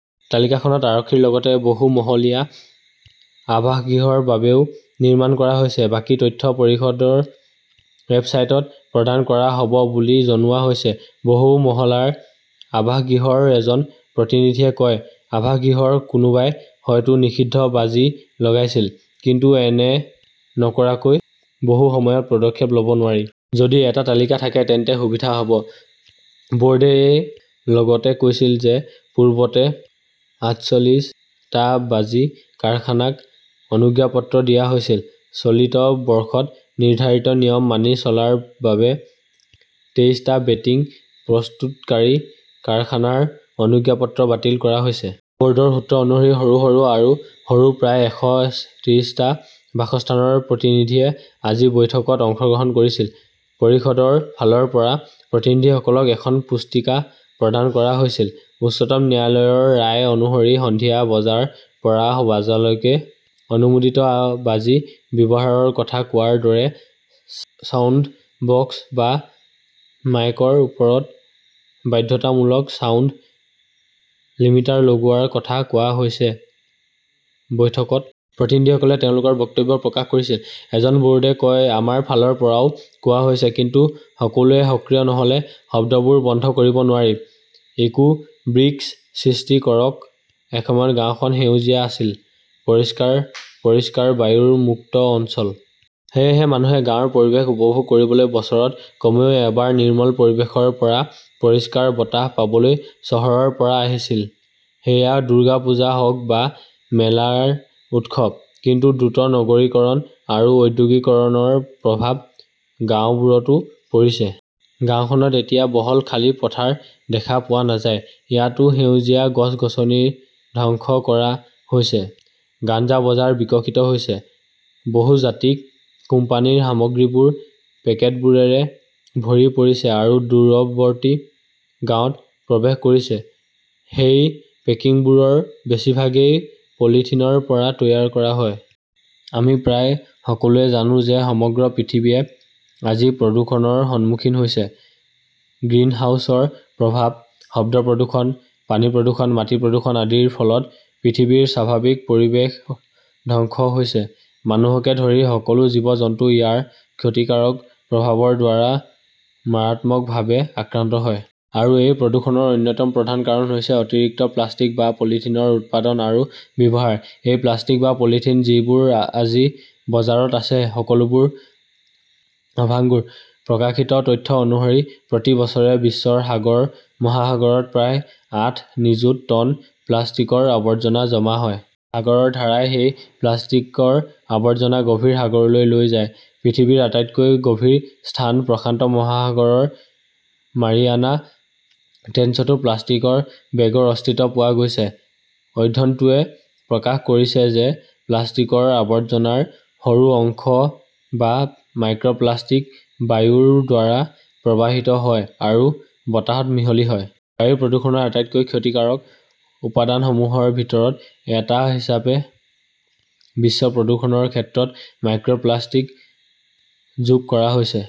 তালিকাখনত আৰক্ষীৰ লগতে বহুমহলীয়া আৱাসগৃহৰ বাবেও নিৰ্মাণ কৰা হৈছে। বাকী তথ্য পৰিষদৰ ৱেবছাইটত প্ৰদান কৰা হ'ব বুলি জনোৱা হৈছে। বহু মহলাৰ আৱাসগৃহৰ এজন প্ৰতিনিধিয়ে কয়, আৱাসগৃহৰ কোনোবাই হয়তো নিষিদ্ধ বাজি লগাইছিল। কিন্তু এনে নকৰাকৈ বহু সময়ত পদক্ষেপ লব নোৱাৰি। যদি এটা তালিকা থাকে তেন্তে সুবিধা হ'ব। বোৰ্ড এ য়ে লগতে কৈছিল যে পূৰ্বতে আঠচল্লিশ টা বাজি কাৰখানাক অনুজ্ঞাপত্ৰ দিয়া হৈছিল। চলিত বৰ্ষত নিৰ্ধাৰিত নিয়ম মানি চলাৰ বাবে তেইছ টা বেটিং প্ৰস্তুতকাৰী কাৰখানাৰ অনুজ্ঞাপত্ৰ বাতিল কৰা হৈছে। বৰ্ডৰ সূত্ৰ অনুসৰি, সৰু - সৰু আৰু সৰু প্ৰায় এশ ত্ৰিছ টা বাসস্থানৰ প্ৰতিনিধিয়ে আজি বৈঠকত অংশগ্ৰহণ কৰিছিল। পৰিষদৰ ফালৰ পৰা প্ৰতিনিধিসকলক এখন পুস্তিকা প্ৰদান কৰা হৈছিল। উচ্চতম ন্যায়ালয়ৰ ৰায় অনুসৰি সন্ধিয়া বজাৰ পৰা বজালৈকে অনুমোদিত বাজি ব্যৱহাৰৰ কথা কোৱাৰ দৰে, ছাউণ্ড বক্স বা মাইকৰ ওপৰত বাধ্যতামূলক ছাউণ্ড লিমিটাৰ লগোৱাৰ কথা কোৱা হৈছিল। বৈঠকত প্ৰতিনিধিসকলে তেওঁলোকৰ বক্তব্য প্ৰকাশ কৰিছিল। এজন বোৰ্ডে কয় আমাৰ ফালৰ পৰাও কোৱা হৈছে, কিন্তু সকলোৱে সক্ৰিয় নহলে শব্দবোৰ বন্ধ কৰিব নোৱাৰি। ইকো ব্ৰিকছ সৃষ্টি কৰক এসময়ত গাওঁখন সেউজীয়া আছিল। পৰিষ্কাৰ - পৰিষ্কাৰ বায়ুৰ মুক্ত অঞ্চল। সেয়েহে মানুহে গাঁৱৰ পৰিৱেশ উপভোগ কৰিবলৈ বছৰত কমেও এবাৰ নিৰ্মল পৰিৱেশৰ পৰা পৰিষ্কাৰ বতাহ পাবলৈ চহৰৰ পৰা আহিছিল। সেয়া দুৰ্গা পূজা হওক বা মেলাৰ উৎসৱ। কিন্তু দ্ৰুত নগৰীকৰণ আৰু ঔদ্যোগিকৰণৰ প্ৰভাৱ গাওঁবোৰতো পৰিছে। গাওঁখনত এতিয়া বহল খালী পথাৰ দেখা পোৱা নাযায়। ইয়াতও সেউজীয়া গছ-গছনি ধ্বংস কৰা হৈছে। গাঞ্জা বজাৰ বিকশিত হৈছে। বহুজাতিক কোম্পানীৰ সামগ্ৰীবোৰ পেকেটবোৰেৰে ভৰি পৰিছে আৰু দূৰৱৰ্তী গাঁৱত প্ৰৱেশ কৰিছে। সেই পেকিংবোৰৰ বেছিভাগেই পলিথিনৰ পৰা তৈয়াৰ কৰা হয়। আমি প্ৰায় সকলোৱে জানো যে সমগ্ৰ পৃথিৱীয়ে আজি প্ৰদূষণৰ সন্মুখীন হৈছে। গ্ৰীণহাউছৰ প্ৰভাৱ, শব্দ প্ৰদূষণ, পানী প্ৰদূষণ, মাটি প্ৰদূষণ আদিৰ ফলত পৃথিৱীৰ স্বাভাৱিক পৰিৱেশ ধ্বংস হৈছে। মানুহকে ধৰি সকলো জীৱ-জন্তু ইয়াৰ ক্ষতিকাৰক প্ৰভাৱৰ দ্বাৰা মাৰাত্মকভাৱে আক্ৰান্ত হয়। আৰু এই প্ৰদূষণৰ অন্যতম প্ৰধান কাৰণ হৈছে অতিৰিক্ত প্লাষ্টিক বা পলিথিনৰ উৎপাদন আৰু ব্যৱহাৰ। এই প্লাষ্টিক বা পলিথিন, যিবোৰ আজি বজাৰত আছে, সকলোবোৰ অভাংগুৰ। প্ৰকাশিত তথ্য অনুসৰি, প্ৰতি বছৰে বিশ্বৰ সাগৰ-মহাসাগৰত প্ৰায় আঠ নিযুত টন প্লাষ্টিকৰ আৱৰ্জনা জমা হয়। সাগৰৰ ধাৰাই সেই প্লাষ্টিকৰ আৱৰ্জনা গভীৰ সাগৰলৈ লৈ যায়। পৃথিৱীৰ আটাইতকৈ গভীৰ স্থান প্ৰশান্ত মহাসাগৰৰ মাৰিয়ানা ট্ৰেঞ্চতো প্লাষ্টিকৰ বেগৰ অস্তিত্ব পোৱা গৈছে। অধ্যয়নটোৱে প্ৰকাশ কৰিছে যে প্লাষ্টিকৰ আৱৰ্জনাৰ সৰু অংশ বা মাইক্ৰ প্লাষ্টিক বায়ুৰ দ্বাৰা প্ৰবাহিত হয় আৰু বতাহত মিহলি হয়। বায়ু প্ৰদূষণৰ আটাইতকৈ ক্ষতিকাৰক উপাদানসমূহৰ ভিতৰত এটা হিচাপে বিশ্ব প্ৰদূষণৰ ক্ষেত্ৰত মাইক্ৰ প্লাষ্টিক যোগ কৰা হৈছে।